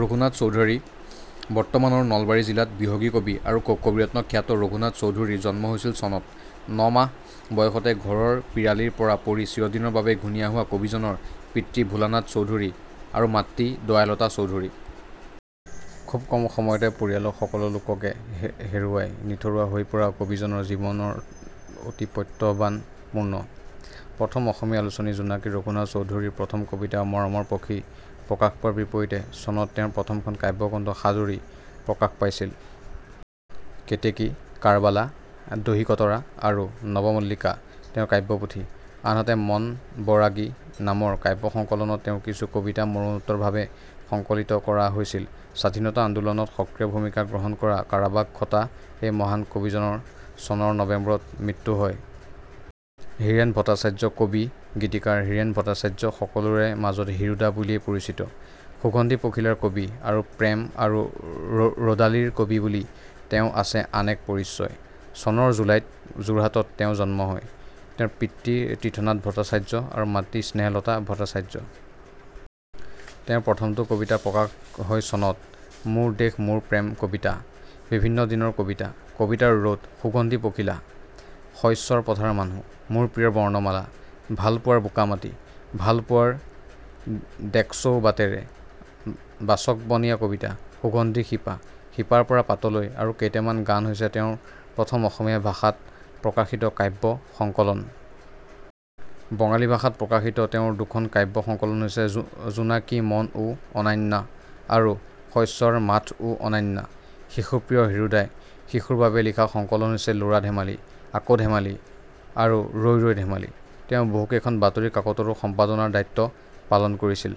ৰঘুনাথ চৌধুৰী বৰ্তমানৰ নলবাৰী জিলাত 'বিহগী কবি' আৰু 'কবিৰত্ন'খ্যাত ৰঘুনাথ চৌধুৰীৰ জন্ম হৈছিল চনত। ন মাহ বয়সতে ঘৰৰ পিৰালীৰ পৰা পৰি চিৰদিনৰ বাবে ঘূণীয়া হোৱা কবিজনৰ পিতৃ ভোলানাথ চৌধুৰী আৰু মাতৃ দয়ালতা চৌধুৰী। খুব কম বয়সতে পৰিয়ালৰ সকলো লোককে হেৰুৱাই নিথৰুৱা হৈ পৰা কবিজনৰ জীৱনটো অতি প্ৰত্যাহ্বানপূৰ্ণ। প্ৰথম অসমীয়া আলোচনী জোনাকীত ৰঘুনাথ চৌধুৰীৰ প্ৰথমটো কবিতা 'মৰমৰ পখী' প্ৰকাশ পোৱাৰ বিপৰীতে চনত তেওঁৰ প্ৰথমখন কাব্যগ্ৰন্থ 'সাদৰী' প্ৰকাশ পাইছিল। 'কেতেকী', 'কাৰবালা', 'দহিকতৰা' আৰু 'নৱমল্লিকা' তেওঁৰ কাব্যপুথি। আনহাতে, 'মন বৰাগী' নামৰ কাব্য সংকলনত তেওঁৰ কিছু কবিতা মৰণোত্তৰভাৱে সংকলিত কৰা হৈছিল। স্বাধীনতা আন্দোলনত সক্ৰিয় ভূমিকা গ্ৰহণ কৰি কাৰাবাস খটা এই মহান কবিজনৰ চনৰ নবেম্বৰত মৃত্যু হয়। হীৰেন ভট্টাচাৰ্য কবি-গীতিকাৰ হীৰেন ভট্টাচাৰ্য সকলোৰে মাজত 'হীৰুদা' বুলিয়েই পৰিচিত। 'সুগন্ধী পখিলাৰ কবি' আৰু 'প্ৰেম আৰু ৰ'দালিৰ কবি' বুলিও তেওঁৰ আছে আন এক পৰিচয়। চনৰ জুলাইত যোৰহাটত তেওঁৰ জন্ম হয়। তেওঁৰ পিতৃ তীৰ্থনাথ ভট্টাচাৰ্য আৰু মাতৃ স্নেহলতা ভট্টাচাৰ্য। তেওঁৰ প্ৰথমটো কবিতা প্ৰকাশ হয় চনত। 'মোৰ দেশ মোৰ প্ৰেমৰ কবিতা', 'বিভিন্ন দিনৰ কবিতা', 'কবিতাৰ ৰ'দ', 'সুগন্ধি পখিলা', 'শইচৰ পথাৰ মানুহ', 'মোৰ প্ৰিয় বৰ্ণমালা', 'ভালপোৱাৰ বোকা-মাটি', 'ভালপোৱাৰ দিক্চৌ বাটেৰে', 'বাচকবনীয়া কবিতা', 'সুগন্ধি শিপা', 'শিপাৰ পৰা পাতলৈ' আৰু 'কেইটামান গান' হৈছে তেওঁৰ অসমীয়া ভাষাত প্ৰকাশিত কাব্য সংকলন। বঙালী ভাষাত প্ৰকাশিত তেওঁৰ দুখন কাব্য সংকলন হৈছে 'জোনাকী মন ও অন্যান্য' আৰু 'শস্যেৰ মাঠ ও অন্যান্য'। শিশুপ্ৰিয় হীৰুদায়ে শিশুৰ বাবে লেখা সংকলন হৈছে 'ল'ৰা ধেমালি', 'আকৌ ধেমালি' আৰু 'ৰৈ ৰৈ ধেমালি'। তেওঁ বহুকেইখন বাতৰি কাকতৰো সম্পাদনাৰ দায়িত্ব পালন কৰিছিল।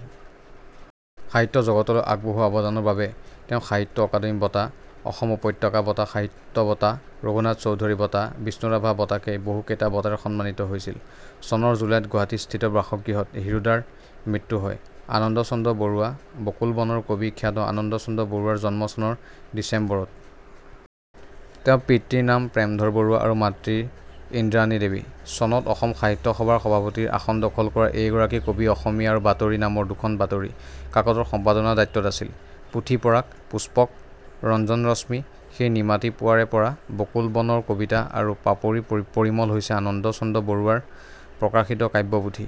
সাহিত্য জগতলৈ আগবঢ়োৱা অৱদানৰ বাবে তেওঁ সাহিত্য অকাডেমী বঁটা, অসম উপত্যকা সাহিত্য বঁটা, ৰঘুনাথ চৌধুৰী বঁটা, বিষ্ণুৰাভা বঁটাকে বহুকেইটা বঁটাৰে সন্মানিত হৈছে। চনৰ জুলাইত গুৱাহাটীস্থিত বাসগৃহত হীৰুদাৰ মৃত্যু হয়। আনন্দ চন্দ্ৰ বৰুৱা 'বকুল বন'ৰ কবি খ্যাত আনন্দ চন্দ্ৰ বৰুৱাৰ জন্ম চনৰ ডিচেম্বৰত। তেওঁৰ পিতৃৰ নাম প্ৰেমধৰ বৰুৱা আৰু মাতৃ ইন্দ্ৰানী দেৱী। চনত অসম সাহিত্য সভাৰ সভাপতিৰ আসন দখল কৰা এইগৰাকী কবি 'অসমীয়া' আৰু 'বাতৰি' নামৰ দুখন বাতৰি কাকতৰ সম্পাদনাৰ দায়িত্বত আছিল। 'পুথি-পৰাগ', 'পুস্পক', 'ৰঞ্জন ৰশ্মি', 'সেই নিমাতি পুৱাৰে পৰা', 'বকুল বনৰ কবিতা' আৰু 'পাপৰিৰ পৰিমল' হৈছে আনন্দ চন্দ্ৰ বৰুৱাৰ প্ৰকাশিত কাব্য পুথি।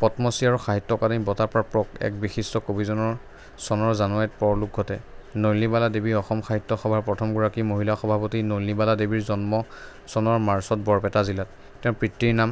পদ্মশ্ৰী আৰু সাহিত্য অকাডেমী বঁটা প্ৰাপক এই বিশিষ্ট কবিজনৰ চনৰ জানুৱাৰীত পৰলোক ঘটে। নলিনীৱালা দেৱী অসম সাহিত্য সভাৰ প্ৰথম গৰাকী মহিলা সভাপতি নলিনীৱালা দেৱীৰ জন্ম চনৰ মাৰ্চত বৰপেটা জিলাত। তেওঁৰ পিতৃৰ নাম